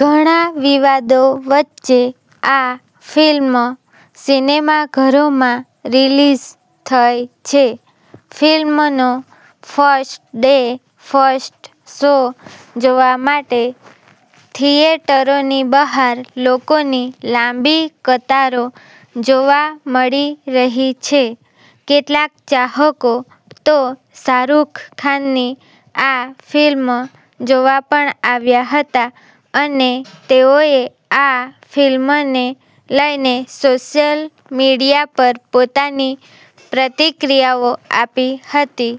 ઘણા વિવાદો વચ્ચે આ ફિલ્મ સિનેમાઘરોમાં રિલીઝ થઈ છે. ફિલ્મનો ફર્સ્ટ ડે ફર્સ્ટ શો જોવા માટે થિયેટરોની બહાર લોકોની લાંબી કતારો જોવા મળી રહી છે. કેટલાક ચાહકો તો શાહરૂખ ખાનની આ ફિલ્મ જોવા પણ આવ્યા હતા અને તેઓએ આ ફિલ્મને લઈને સોશિયલ મીડિયા પર પોતાની પ્રતિક્રિયાઓ આપી હતી.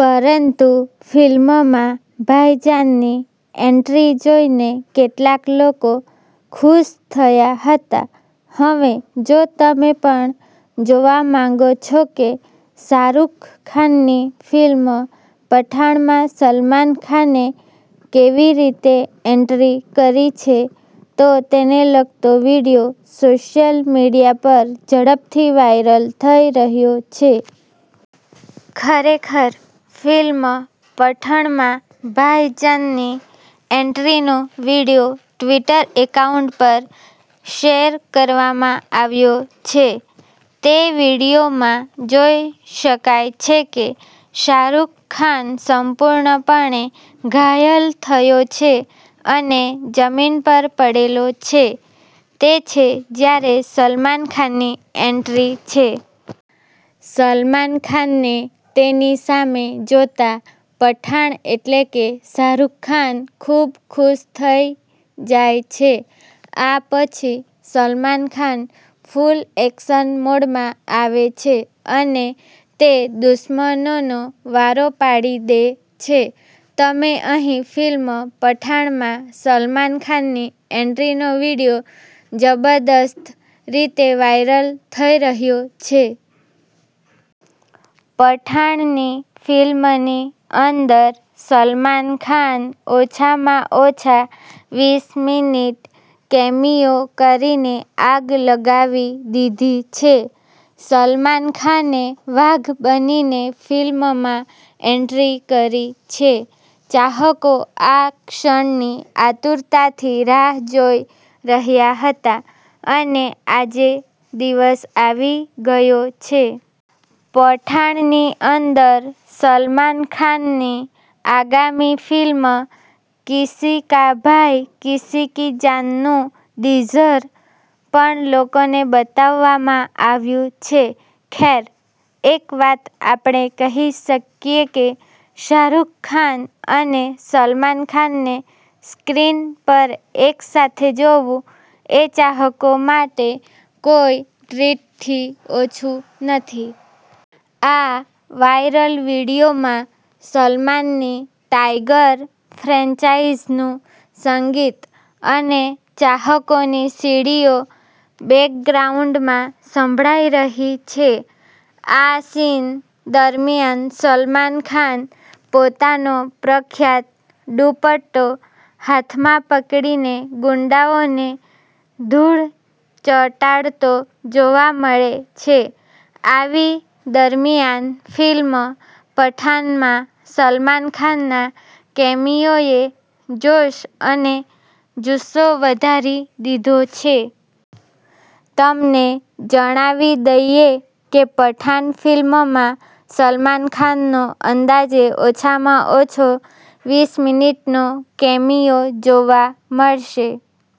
પરંતુ ફિલ્મમાં ભાઈજાનની એન્ટ્રી જોઈને કેટલાક લોકો ખુશ થયા હતા. હવે જો તમે પણ જોવા માંગો છો કે શાહરૂખ ખાનની ફિલ્મ પઠાણમાં સલમાન ખાને કેવી રીતે એન્ટ્રી કરી છે, તો તેને લગતો વીડિયો સોશિયલ મીડિયા પર ઝડપથી વાયરલ થઈ રહ્યો છે. ખરેખર, ફિલ્મ પઠણમાં ભાઇજનની એન્ટ્રીનો વિડિઓ ટ્વિટર એકાઉન્ટ પર શેર કરવામાં આવ્યો છે. તે વિડિઓમાં જોઇ શકાય છે કે શાહરૂખ ખાન સંપૂર્ણપણે ઘાયલ થયો છે અને જમીન પર પડેલો છે. તે છે જ્યારે સલમાન ખાનની એન્ટ્રી છે. સલમાન ખાનને તેની સામે જોતા, પઠાણ એટલે કે શાહરૂખ ખાન ખૂબ ખુશ થઈ જાય છે. આ પછી ,સલમાન ખાન ફૂલ એક્શન મોડમાં આવે છે અને તે દુશ્મનોનો વારો પાડી દે છે. તમે અહીં ફિલ્મ પઠાણમાં સલમાન ખાનની એન્ટ્રીનો વિડીયો જબરદસ્ત રીતે વાયરલ થઇ રહ્યો છે. પઠાણની ફિલ્મની અંદર, સલમાન ખાન ઓછામાં ઓછા વીસ મિનિટ કેમિયો કરીને આગ લગાવી દીધી છે. સલમાન ખાને વાઘ બનીને ફિલ્મમાં એન્ટ્રી કરી છે. ચાહકો આ ક્ષણની આતુરતાથી રાહ જોઈ રહ્યા હતા અને આજે દિવસ આવી ગયો છે. પઠાણની અંદર સલમાન ખાનની આગામી ફિલ્મ કિસી કા ભાઈ કિસી કી જાનનું ટીઝર પણ લોકોને બતાવવામાં આવ્યું છે. ખેર, એક વાત આપણે કહી શકીએ કે શાહરૂખ ખાન અને સલમાન ખાનને સ્ક્રીન પર એકસાથે જોવું એ ચાહકો માટે કોઈ ટ્રીટથી ઓછું નથી. આ વાયરલ વિડીયોમાં સલમાનની ટાઈગર ફ્રેન્ચાઈઝીનું સંગીત અને ચાહકોની સીટીઓ બેકગ્રાઉન્ડમાં સંભળાય રહી છે. આ સીન દરમિયાન સલમાન ખાન પોતાનો પ્રખ્યાત દુપટ્ટો હાથમાં પકડીને ગુંડાઓને ધૂળ ચતાડતો જોવા મળે છે. આવી દરમિયાન ફિલ્મ પઠાનમાં સલમાન ખાનના કેમિયોએ જોશ અને જુસ્સો વધારી દીધો છે. તમને જણાવી દઈએ કે પઠાન ફિલ્મમાં સલમાન ખાનનો અંદાજે ઓછામાં ઓછો વીસ મિનિટનો કેમિયો જોવા મળશે.